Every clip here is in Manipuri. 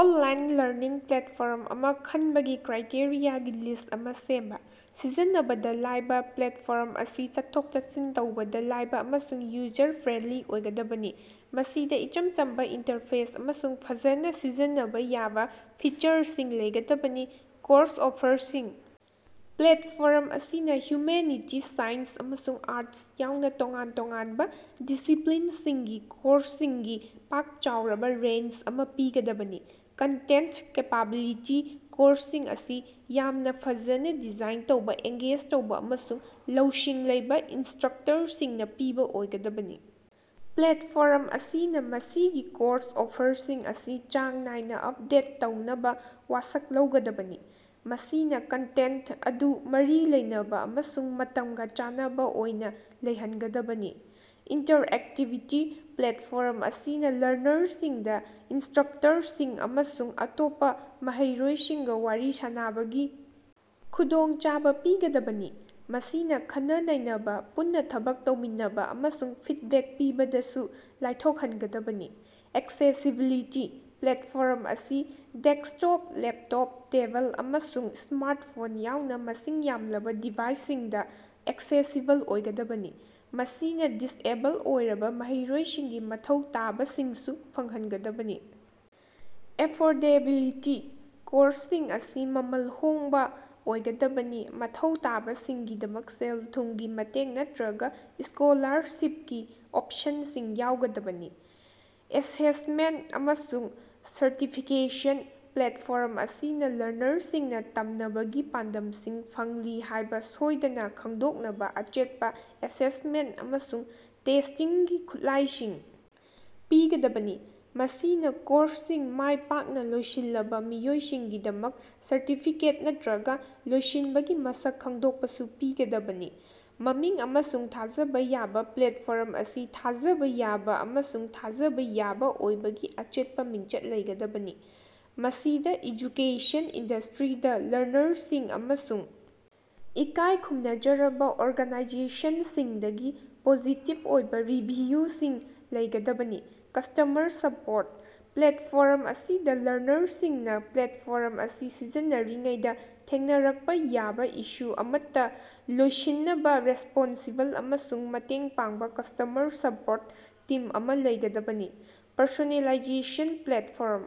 ꯑꯣꯟꯂꯥꯏꯟ ꯂꯔꯅꯤꯡ ꯄ꯭ꯂꯦꯠꯐꯣꯔꯝ ꯑꯃ ꯈꯟꯕꯒꯤ ꯀ꯭ꯔꯥꯏꯇꯦꯔꯤꯌꯥꯒꯤ ꯂꯤꯁ꯭ꯠ ꯑꯃ ꯁꯦꯝꯕ꯫ ꯁꯤꯖꯤꯟꯅꯕꯗꯥ ꯂꯥꯏꯕ - ꯄ꯭ꯂꯦꯠꯐꯣꯔꯝ ꯑꯁꯤ ꯆꯠꯊꯣꯛ-ꯆꯠꯁꯤꯟ ꯇꯧꯕꯗ ꯂꯥꯏꯕ ꯑꯃꯁꯨꯡ ꯌꯨꯖꯔ-ꯐ꯭ꯔꯦꯟꯗꯂꯤ ꯑꯣꯏꯒꯗꯕꯅꯤ꯫ ꯃꯁꯤꯗ ꯏꯆꯝ ꯆꯝꯕ ꯏꯟꯇꯔꯐꯦꯁ ꯑꯃꯁꯨꯡ ꯐꯖꯅꯥ ꯁꯤꯖꯤꯟꯅꯕꯥ ꯌꯥꯕ ꯐꯤꯆꯔꯁꯤꯡ ꯂꯩꯒꯗꯕꯅꯤ꯫ ꯀꯣꯔꯁ ꯑꯣꯐꯔꯁꯤꯡ - ꯄ꯭ꯂꯦꯠꯐꯣꯔꯝ ꯑꯁꯤꯅ ꯍ꯭ꯌꯨꯃꯦꯅꯤꯇꯤ, ꯁꯥꯏꯟꯁ, ꯑꯃꯁꯨꯡ ꯑꯥꯔꯇꯁ ꯌꯥꯎꯅ ꯇꯣꯉꯥꯟ ꯇꯣꯉꯥꯟꯕ ꯗꯤꯁꯤꯄ꯭ꯂꯤꯟꯁꯤꯡꯒꯤ ꯀꯣꯔꯁꯁꯤꯡꯒꯤ ꯄꯥꯛ ꯆꯥꯎꯔꯕ ꯔꯦꯟꯖ ꯑꯃ ꯄꯤꯒꯗꯕꯅꯤ꯫ ꯀꯟꯇꯦꯟꯇ ꯀꯦꯄꯥꯕꯤꯂꯤꯇꯤ - ꯀꯣꯔꯁꯁꯤꯡ ꯑꯁꯤ ꯌꯥꯝꯅ ꯐꯖꯅ‌ ꯗꯤꯖꯥꯏꯟ ꯇꯧꯕ, ꯑꯦꯡꯒꯦꯖ ꯇꯧꯕ, ꯑꯃꯁꯨꯡ ꯂꯧꯁꯤꯡ ꯂꯩꯕ ꯏꯟꯁꯇ꯭ꯔꯛꯇꯔꯁꯤꯡꯅ ꯄꯤꯕ ꯑꯣꯏꯒꯗꯕꯅꯤ꯫ ꯄ꯭ꯂꯦꯠꯐꯣꯔꯝ ꯑꯁꯤꯅ ꯃꯁꯤꯒꯤ ꯀꯣꯔꯁ ꯑꯣꯐꯔꯁꯤꯡ ꯑꯁꯤ ꯆꯥꯡ ꯅꯥꯏꯅ ꯑꯞꯗꯦꯠ ꯇꯧꯅꯕ ꯋꯥꯁꯛ ꯂꯧꯒꯗꯕꯅꯤ, ꯃꯁꯤꯅ ꯀꯟꯇꯦꯟꯇ ꯑꯗꯨ ꯃꯔꯤ ꯂꯩꯅꯕ ꯑꯃꯁꯨꯡ ꯃꯇꯝꯒ ꯆꯥꯟꯅꯕ ꯑꯣꯏꯅ ꯂꯩꯍꯟꯒꯗꯕꯅꯤ꯫ ꯏꯟꯇꯔꯑꯦꯛꯇꯤꯕꯤꯇꯤ - ꯄ꯭ꯂꯦꯠꯐꯣꯔꯝ ꯑꯁꯤꯅ ꯂꯔꯅꯔꯁꯤꯡꯗ ꯏꯟꯁꯇ꯭ꯔꯛꯇꯔꯁꯤꯡ ꯑꯃꯁꯨꯡ ꯑꯇꯣꯞꯄ ꯃꯍꯩꯔꯣꯏꯁꯤꯡꯒ ꯋꯥꯔꯤ ꯁꯥꯅꯕꯒꯤ ꯈꯨꯗꯣꯡꯆꯥꯕ ꯄꯤꯒꯗꯕꯅꯤ꯫ ꯃꯁꯤꯅ ꯈꯟꯅ-ꯅꯩꯅꯕꯥ, ꯄꯨꯟꯅ ꯊꯕꯛ ꯇꯧꯃꯤꯟꯅꯕꯥ ꯑꯃꯁꯨꯡ ꯐꯤꯗꯕꯦꯛ ꯄꯤꯕꯗꯁꯨ ꯂꯥꯏꯊꯣꯛꯍꯟꯒꯗꯕꯅꯤ꯫ ꯑꯦꯛꯁꯦꯁꯤꯕꯤꯂꯤꯇꯤ - ꯄ꯭ꯂꯦꯠꯐꯣꯔꯝ ꯑꯁꯤ ꯗꯦꯁ꯭ꯛꯇꯣꯞ, ꯂꯦꯞꯇꯣꯞ, ꯇꯦꯕꯜ, ꯑꯃꯁꯨꯡ ꯁ꯭ꯃꯥꯔꯇꯐꯣꯟ ꯌꯥꯎꯅ ꯃꯁꯤꯡ ꯌꯥꯝꯂꯕ ꯗꯤꯚꯥꯏꯁꯁꯤꯡꯗ ꯑꯦꯛꯁꯦꯁꯤꯕꯜ ꯑꯣꯏꯒꯗꯕꯅꯤ꯫ ꯃꯁꯤꯅ ꯗꯤꯁꯑꯦꯕꯜ ꯑꯣꯏꯔꯕ ꯃꯍꯩꯔꯣꯏꯁꯤꯡꯒꯤ ꯃꯊꯧ ꯇꯥꯕꯁꯤꯡꯁꯨ ꯐꯪꯍꯟꯒꯗꯕꯅꯤ꯫ ꯑꯦꯐꯣꯔꯗꯦꯕꯤꯂꯤꯇꯤ - ꯀꯣꯔꯁꯁꯤꯡ ꯑꯁꯤ ꯃꯃꯜ ꯍꯣꯡꯕ ꯑꯣꯏꯒꯗꯕꯅꯤ, ꯃꯊꯧ ꯇꯥꯕꯁꯤꯡꯒꯤꯗꯃꯛ ꯁꯦꯜ-ꯊꯨꯝꯒꯤ ꯃꯇꯦꯡ ꯅꯠꯇꯔꯒ ꯁ꯭ꯀꯣꯂꯥꯔꯁꯤꯞꯀꯤ ꯑꯣꯞꯁꯟꯁꯤꯡ ꯌꯥꯎꯒꯗꯕꯅꯤ꯫ ꯑꯦꯁꯦꯁꯃꯦꯟꯇ ꯑꯃꯁꯨꯡ ꯁꯔꯇꯤꯐꯤꯀꯦꯁꯟ - ꯄ꯭ꯂꯦꯠꯐꯣꯔꯝ ꯑꯁꯤꯅ ꯂꯔꯅꯔꯁꯤꯡꯅ ꯇꯝꯅꯕꯒꯤ ꯄꯥꯟꯗꯝꯁꯤꯡ ꯐꯪꯂꯤ ꯍꯥꯏꯕ ꯁꯣꯏꯗꯅ ꯈꯪꯗꯣꯛꯅꯕꯥ ꯑꯆꯦꯠꯄ ꯑꯦꯁꯦꯁꯃꯦꯟꯇ ꯑꯃꯁꯨꯡ ꯇꯦꯁꯇꯤꯡꯒꯤ ꯈꯨꯠꯂꯥꯏꯁꯤꯡ ꯄꯤꯒꯗꯕꯅꯤ꯫ ꯃꯁꯤꯅ ꯀꯣꯔꯁꯁꯤꯡ ꯃꯥꯏꯄꯥꯛꯅ ꯂꯣꯏꯁꯤꯜꯂꯕꯥ ꯃꯤꯑꯣꯏꯁꯤꯡꯒꯤꯗꯃꯛ ꯁꯔꯇꯤꯐꯤꯀꯦꯠ ꯅꯠꯇꯔꯒ ꯂꯣꯏꯁꯤꯟꯕꯒꯤ ꯃꯁꯛ ꯈꯪꯗꯣꯛꯄꯁꯨ ꯄꯤꯒꯗꯕꯅꯤ꯫ ꯃꯃꯤꯡ ꯑꯃꯁꯨꯡ ꯊꯥꯖꯕꯥ ꯌꯥꯕ - ꯄ꯭ꯂꯦꯠꯐꯣꯔꯝ ꯑꯁꯤ ꯊꯥꯖꯕꯥ ꯌꯥꯕ ꯑꯃꯁꯨꯡ ꯊꯥꯖꯕ ꯌꯥꯕ ꯑꯣꯏꯕꯒꯤ ꯑꯆꯦꯠꯄ ꯃꯤꯡꯆꯠ ꯂꯩꯒꯗꯕꯅꯤ꯫ ꯃꯁꯤꯗ ꯑꯦꯖꯨꯀꯦꯁꯟ ꯏꯟꯗ꯭ꯁꯇꯔꯤꯗ ꯂꯔꯅꯔꯁꯤꯡ ꯑꯃꯁꯨꯡ ꯏꯀꯥꯏ ꯈꯨꯝꯅꯖꯔꯕꯥ ꯑꯣꯔꯒꯅꯥꯏꯖꯦꯁꯟꯁꯤꯡꯗꯒꯤ ꯄꯣꯖꯤꯇꯤꯕ ꯑꯣꯏꯕ ꯔꯤꯚꯤꯌꯨꯁꯤꯡ ꯂꯩꯒꯗꯕꯅꯤ꯫ ꯀꯁ꯭ꯇꯃꯔ ꯁꯄꯣꯔꯠ - ꯄ꯭ꯂꯦꯠꯐꯣꯔꯝ ꯑꯁꯤꯗ ꯂꯔꯅꯔꯁꯤꯡꯅ ꯄ꯭ꯂꯦꯠꯐꯣꯔꯝ ꯑꯁꯤ ꯁꯤꯖꯤꯟꯅꯔꯤꯉꯩꯗ ꯊꯦꯡꯅꯔꯛꯄ ꯌꯥꯕ ꯏꯁꯨ ꯑꯃꯠꯇ ꯂꯣꯏꯁꯤꯟꯅꯕ ꯔꯦꯁꯄꯣꯟꯁꯤꯕꯜ ꯑꯃꯁꯨꯡ ꯃꯇꯦꯡ ꯄꯥꯡꯕ ꯀꯁ꯭ꯇꯃꯔ ꯁꯄꯣꯔꯠ ꯇꯤꯝ ꯑꯃ ꯂꯩꯒꯗꯕꯅꯤ꯫ ꯄꯔꯁꯣꯅꯦꯂꯥꯏꯖꯦꯁꯟ - ꯄ꯭ꯂꯦꯠꯐꯣꯔꯝ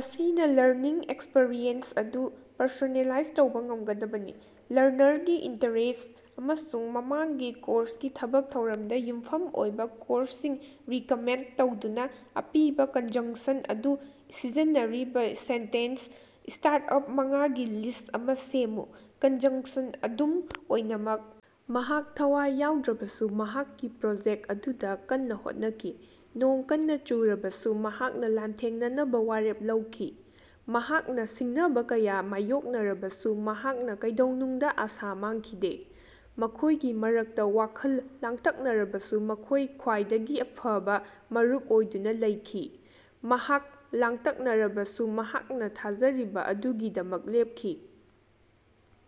ꯑꯁꯤꯅ ꯂꯔꯅꯤꯡ ꯑꯦꯛꯁꯄꯤꯔꯤꯑꯦꯟꯁ ꯑꯗꯨ ꯄꯔꯁꯣꯅꯦꯂꯥꯏꯖ ꯇꯧꯕ ꯉꯝꯒꯗꯕꯅꯤ, ꯂꯔꯅꯔꯒꯤ ꯏꯟꯇꯔꯦꯁ꯭ꯠ ꯑꯃꯁꯨꯡ ꯃꯃꯥꯡꯒꯤ ꯀꯣꯔꯁꯀꯤ ꯊꯕꯛ ꯊꯧꯔꯝꯗ ꯌꯨꯝꯐꯝ ꯑꯣꯏꯕ ꯀꯣꯔꯁꯁꯤꯡ ꯔꯤꯀꯃꯦꯟꯗ ꯇꯧꯗꯨꯅ꯫ ꯑꯄꯤꯕ ꯀꯟꯖꯪꯁꯟ ꯑꯗꯨ ꯁꯤꯖꯤꯟꯅꯔꯤꯕ ꯁꯦꯟꯇꯦꯟꯁ ꯁ꯭ꯇꯥꯔꯠꯑꯞ ꯃꯉꯥꯒꯤ ꯂꯤꯁ꯭ꯠ ꯑꯃ ꯁꯦꯝꯃꯨ꯫ ꯀꯟꯖꯪꯁꯟ - ꯑꯗꯨꯝ ꯑꯣꯏꯅꯃꯛ ꯃꯍꯥꯛ ꯊꯋꯥꯏ ꯌꯥꯎꯗ꯭ꯔꯕꯁꯨ ꯃꯍꯥꯛꯀꯤ ꯄ꯭ꯔꯣꯖꯦꯛꯇ ꯑꯗꯨꯗ ꯀꯟꯅ ꯍꯣꯠꯅꯈꯤ꯫ ꯅꯣꯡ ꯀꯟꯅ ꯆꯨꯔꯕꯁꯨ ꯃꯍꯥꯛꯅ ꯂꯥꯟꯊꯦꯡꯅꯅꯕꯥ ꯋꯥꯔꯦꯞ ꯂꯧꯈꯤ꯫ ꯃꯍꯥꯛꯅ ꯁꯤꯡꯅꯕꯥ ꯀꯌꯥ ꯃꯥꯌꯣꯛꯅꯔꯕꯁꯨ ꯃꯍꯥꯛꯅ ꯀꯩꯗꯧꯅꯨꯡꯗ ꯑꯥꯁꯥ ꯃꯥꯡꯈꯤꯗꯦ꯫ ꯃꯈꯣꯏꯒꯤ ꯃꯔꯛꯇ ꯋꯥꯈꯜ ꯂꯥꯡꯇꯛꯅꯔꯕꯁꯨ ꯃꯈꯣꯏ ꯈ꯭ꯋꯥꯏꯗꯒꯤ ꯐꯕꯥ ꯃꯔꯨꯞ ꯑꯣꯏꯗꯨꯅ ꯂꯩꯈꯤ꯫ ꯃꯍꯥꯛ ꯂꯥꯡꯇꯛꯅꯔꯕꯁꯨ ꯃꯍꯥꯛꯅ ꯊꯥꯖꯔꯤꯕ ꯑꯗꯨꯒꯤꯗꯃꯛ ꯂꯦꯞꯈꯤ꯫